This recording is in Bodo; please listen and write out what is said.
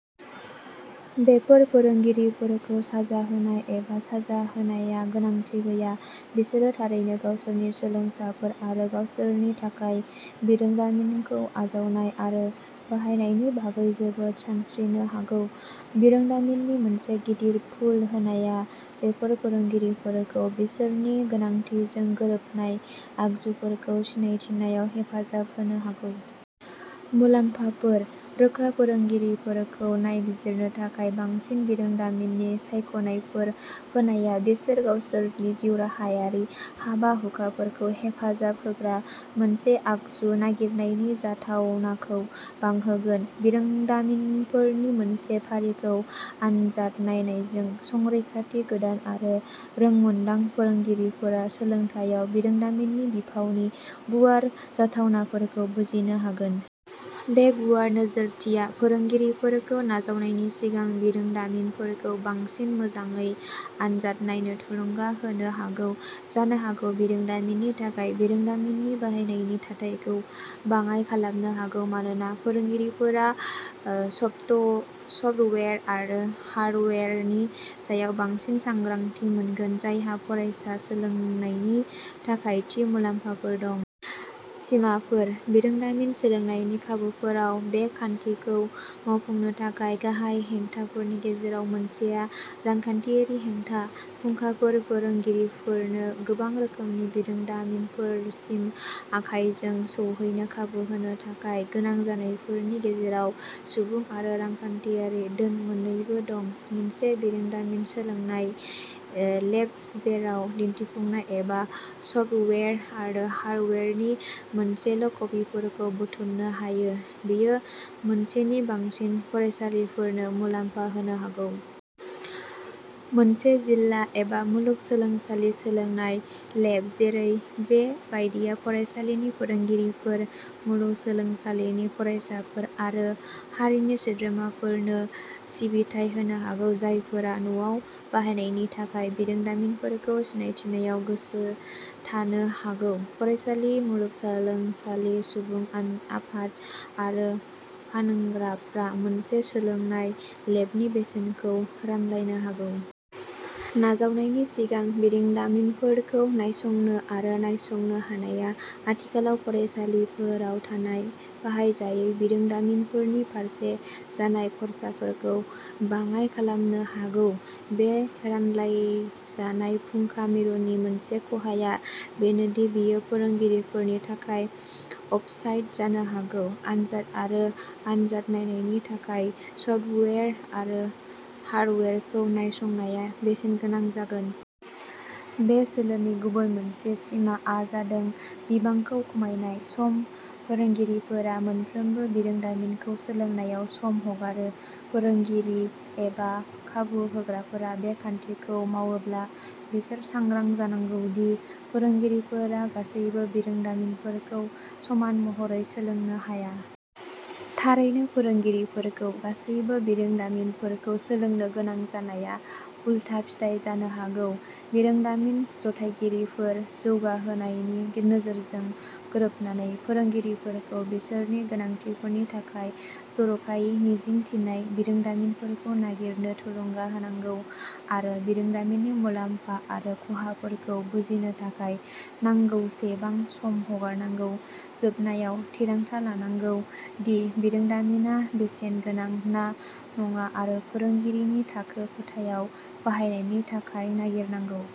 बेफोर फोरोंगिरिफोरखौ साजा होनाय एबा साजा होनाया गोनांथि गैया; बिसोरो थारैनो गावसोरनि सोलोंसाफोर आरो गावसोरनि थाखाय बिरोंदामिनखौ आजावनाय आरो बाहायनायनि बागै जोबोद सानस्रिनो हागौ। बिरोंदामिननि मोनसे गिदिर पुल होनायआ बेफोर फोरोंगिरिफोरखौ बिसोरनि गोनांथिजों गोरोबनाय आगजुफोरखौ सिनायथिनायाव हेफाजाब होनो हागौ। मुलाम्फाफोर। रोखा, फोरोंगिरिफोरखौ नायबिजिरनो थाखाय बांसिन बिरोंदामिननि सायख'नायफोर होनाया बिसोर गावसोरनि जिउराहायारि हाबा-हुखाफोरखौ हेफाजाब होग्रा मोनसे आगजु नागिरनायनि जाथावनाखौ बांहोगोन। बिरोंदामिनफोरनि मोनसे फारिखौ आनजाद नायनायजों, संरैखाथि, गोदान आरो रोंमोन्दां फोरोंगिरिफोरा सोलोंथायाव बिरोंदामिननि बिफावनि गुवार जाथावनाफोरखौ बुजिनो हागोन। बे गुवार नोजोरथिया फोरोंगिरिफोरखौ नाजावनायनि सिगां बिरोंदामिनफोरखौ बांसिन मोजाङै आनजाद नायनो थुलुंगा होनो हागौ, जानो हागौ बिरोंदामिननि थाखाय बिरोंदामिननि बाहायनायनि थाथायखौ बाङाइ खालामनो हागौ, मानोना फोरोंगिरिफोरा सफ्टवेयार आरो हार्डवेयारनि सायाव बांसिन सांग्रांथि मोनगोन जायहा फरायसा सोलोंनायनि थाखाय थि मुलाम्फाफोर दं। सिमाफोर। बिरोंदामिन-सोलोंनायनि खाबुफोराव बे खान्थिखौ मावफुंनो थाखाय गाहाय हेंथाफोरनि गेजेराव मोनसेआ रांखान्थियारि हेंथा। फुंखाफोर फोरोंगिरिफोरनो गोबां रोखोमनि बिरोंदामिनफोरसिम आखायजों सौहैनो खाबु होनो थाखाय गोनां जानायफोरनि गेजेराव सुबुं आरो रांखान्थियारि धोन मोन्नैबो दं। मोनसे बिरोंदामिन सोलोंनाय ओ लेब जेराव दिन्थिफुंनाय एबा सफ्टवेयार आरो हार्डवेयारनि मोनसेल'कपिफोरखौ बुथुमनो हायो, बेयो मोनसेनि बांसिन फरायसालिफोरनो मुलाम्फा होनो हागौ। मोनसे जिल्ला एबा मुलुग सोलोंसालि सोलोंनाय लेब जेरै बे बायदिआ फरायसालिनि फोरोंगिरिफोर, मुलुग सोलोंसालिनि फरायसाफोर आरो हारिनि सोद्रोमाफोरनो सिबिथाय होनो हागौ, जायफोरा न'आव बाहायनायनि थाखाय बिरोंदामिनफोरखौ सिनायथिनायाव गोसो थानो हागौ। फरायसालि, मुलुगसोलोंसालि, सुबुं आ-आफाद आरो फानग्राफ्रा मोनसे सोलोंनाय लेबनि बेसेनखौ रानलायनो हागौ। नाजावनायनि सिगां बिरोंदामिनफोरखौ नायसंनो आरो नायसंनो हानायआ आथिखालाव फरायसालिफोराव थानाय बाहायजायै बिरोंदामिनफोरनि फारसे जानाय खर्साफोरखौ बाङाय खालामनो हागौ। बे रानलायजानाय फुंखा मिरुनि मोनसे खहाया बेनो दि बेयो फोरोंगिरिफोरनि थाखाय अफसाइट जानो हागौ। आनजाद आरो आनजाद नायनायनि थाखाय सफ्टवेयार आरो हार्डवेयारखौ नायसंनाया बेसेनगोनां जागोन। बे सोलोनि गुबुन मोनसे सिमाआ जादों बिबांखौ खमायनाय। सम फोरोंगिरिफोरा मोनफ्रोमबो बिरोंदामिनखौ सोलोंनायाव सम हगारो। फोरोंगिरि एबा खाबु होग्राफोरा बे खान्थिखौ मावोब्ला, बिसोर सांग्रां जानांगौ दि फोरोंगिरिफोरा गासैबो बिरोंदामिनफोरखौ समान महरै सोलोंनो हाया। थारैनो, फोरोंगिरिफोरखौ गासैबो बिरोंदामिनफोरखौ सोलोंनो गोनां जानाया उलथा फिथाय जानो हागौ। बिरोंदामिन जथायगिरिफोर जौगाहोनायनि नोजोरजों गोरोबनानै, फोरोंगिरिफोरखौ बिसोरनि गोनांथिफोरनि थाखाय जरखायै मिजिं थिनाय बिरोंदामिनफोरखौ नागिरनो थुलुंगा होनांगौ आरो बिरोंदामिननि मुलाम्फा आरो खहाफोरखौ बुजिनो थाखाय नांगौसेबां सम हगारनांगौ, जोबनायाव थिरांथा लानांगौ दि बिरोंदामिनआ बेसेनगोनां ना नङा आरो फोरोंगिरिनि थाखो खथायाव बाहायनायनि थाखाय नागिरनांगौ।